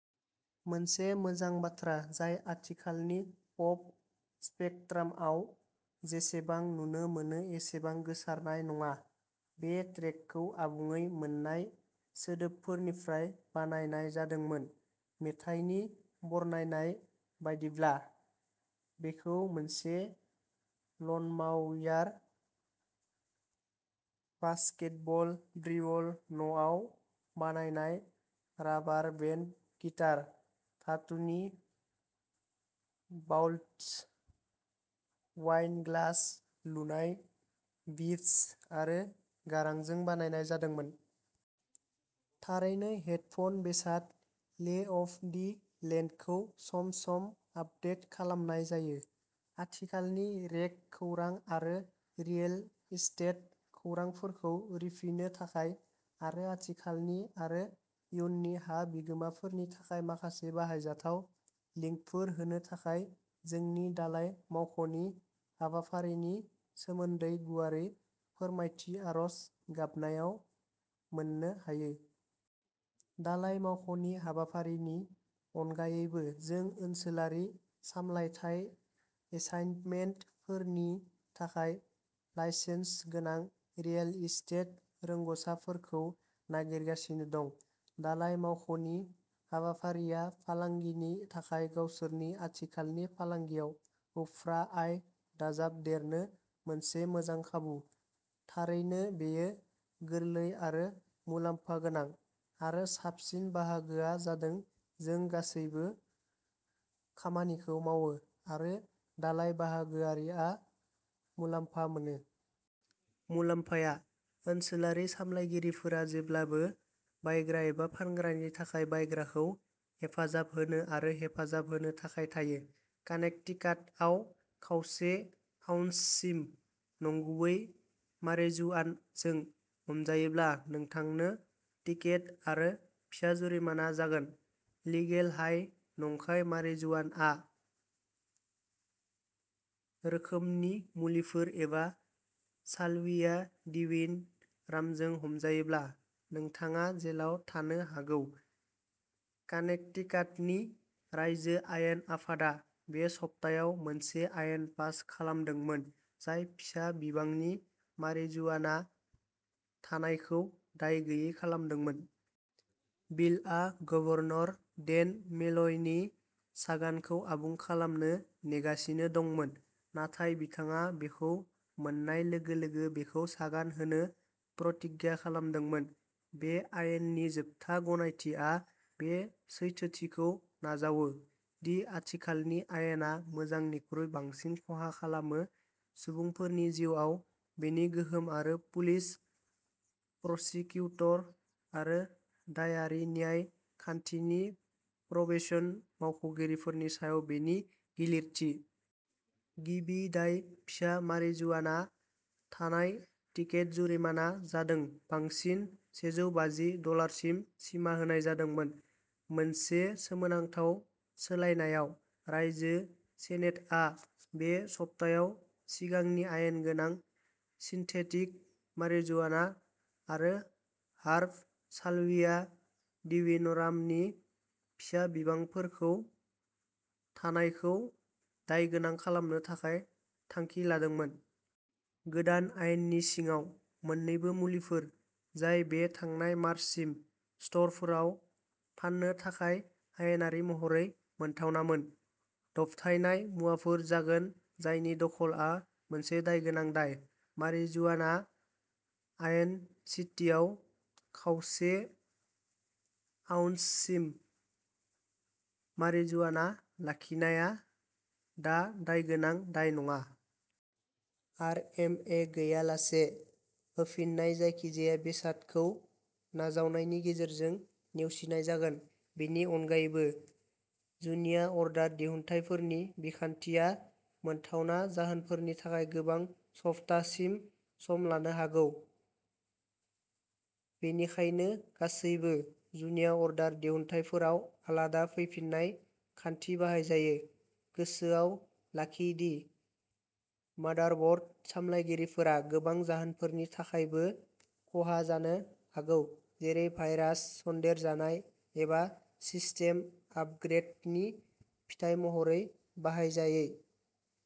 मोनसे मोजां बाथ्रा जाय आथिखालनि पप स्पेकट्रामआव जेसेबां नुनो मोनो एसेबां गोसारनाय नङा। बे ट्रेकखौ आबुङै मोन्नाय सोदोबफोरनिफ्राय बानायनाय जादोंमोन। मेथाइनि बरनायनाय बायदिब्ला, बेखौ मोनसे लनमाउयार, बास्केटबल ड्रिबल, न'आव बानायनाय राबार बेन्ड गिटार, धातुनि बाउल्स, वाइन ग्लास, लुनाय बीप्स आरो गारांजों बानायनाय जादोंमोन। थारैनो हेडफ'न बेसाद। ले अफ दि लेन्डखौ सम-सम आपडेट खालामनाय जायो, आथिखालनि रेग खौरां आरो रियेल एस्टेट खौरांफोरखौ रिफिनो थाखाय, आरो आथिखालनि आरो इयुननि हा बिगोमाफोरनि थाखाय माखासे बाहायजाथाव लिंकफोर होनो थाखाय। जोंनि दालाय मावख'नि हाबाफारिनि सोमोन्दै गुवारै फोरमायथि आर'ज गाबनायाव मोननो हायो। दालाय मावख'नि हाबाफारिनि अनगायैबो जों ओनसोलारि सामलायथाय एसाइनमेन्टफोरनि थाखाय लाइसेन्स गोनां रियेल एस्टेट रोंग'सारफोरखौ नागिरगासिनो दं। दालाय मावख'नि हाबाफारिया फालांगिनि थाखाय गावसोरनि आथिखालनि फालांगियाव उफ्रा आय दाजाबदेरनो मोनसे मोजां खाबु। थारैनो बेयो गोरलै आरो मुलाम्फा गोनां, आरो साबसिन बाहागोआ जादों, जों गासैबो खामानिखौ मावो, आरो दालाय बाहागोआरिआ मुलाम्फा मोनो। मुलाम्फाया। ओनसोलारि सामलायगिरिफोरा जेब्लाबो बायग्रा एबा फानग्रानि थाखाय बायग्राखौ हेफाजाब होनो आरो हेफाजाब होनो थाखाय थायो। कानेक्टिकाटआव, खावसे आउन्ससिम नंगुबै मारिजुआनजों हमजायोब्ला नोंथांनो टिकेट आरो फिसा जुरिमाना जागोन। लिगेल-हाइ नंखाय मारिजुआना रोखोमनि मुलिफोर एबा साल्विया डिविन' रामजों हमजायोब्ला, नोंथाङा जेलाव थानो हागौ कानेक्टिकाटनि रायजो आयेन आफादा बे सप्तायाव मोनसे आयेन पास खालामदोंमोन जाय फिसा बिबांनि मारिजुआना थानायखौ दाय गैयै खालामदोंमोन। बिलआ गभर्नर डेन मेलयनि सागानखौ आबुं खालामनो नेगासिनो दंमोन, नाथाय बिथाङा बेखौ मोन्नाय लोगो-लोगो बेखौ सागान होनो प्रतिज्ञा खालामदोंमोन, बे आयेननि जोबथा गनायथिआ बे सैथोथिखौ नाजावो दि आथिखालनि आयेना मोजांनिख्रुइ बांसिन खहा खालामो सुबुंफोरनि जिउआव बेनि गोहोम आरो पुलिस, प्रसिकिउटर आरो दायारि न्याय खान्थिनि प्रबेशन मावख'गिरिफोरनि सायाव बेनि गिलिरथि। गिबि दाय फिसा मारिजुआना थानाय टिकेट जुरिमाना जादों बांसिन सेजौ बाजि डलारसिम सिमा होनाय जादोंमोन। मोनसे सोमोनांथाव सोलायनायाव, रायजो सेनेटआ बे सप्तायाव सिगांनि आयेन गोनां सिन्थेटिक मारिजुआना आरो हार्ब साल्विया डिविन'रामनि फिसा बिबांफोरखौ थानायखौ दायगोनां खालामनो थाखाय थांखि लादोंमोन। गोदान आयेननि सिङाव, मोन्नैबो मुलिफोर, जाय बे थांनाय मार्चसिम स्ट'रफोराव फान्नो थाखाय आयेनारि महरै मोनथावनामोन, दबथायनाय मुवाफोर जागोन जायनि दखलआ मोनसे दायगोनां दाय। मारिजुआना आयेन सिटिआव, खावसे आउन्ससिम मारिजुआना लाखिनाया दा दायगोनां दाय नङा। आरएमए गैयालासे होफिन्नाय जायखिजाया बेसादखौ नाजावनायनि गेजेरजों नेवसिनाय जागोन। बेनि अनगायैबो, जुनिया अर्डार दिहुनथायफोरनि बिखान्थिया मोनथावना जाहोनफोरनि थाखाय गोबां सप्ताहसिम सम लानो हागौ, बेनिखायनो गासैबो जुनिया अर्डार दिहुनथायफोराव आलादा फैफिन्नाय खान्थि बाहायजायो। गोसोआव लाखि दि मादारब'र्ड सालायगिरिफोरा गोबां जाहोनफोरनि थाखायबो खहा जानो हागौ, जेरै भाइरास सन्देरजानाय, एबा सिस्टेम आपग्रेडनि फिथाय महरै बाहायजायै।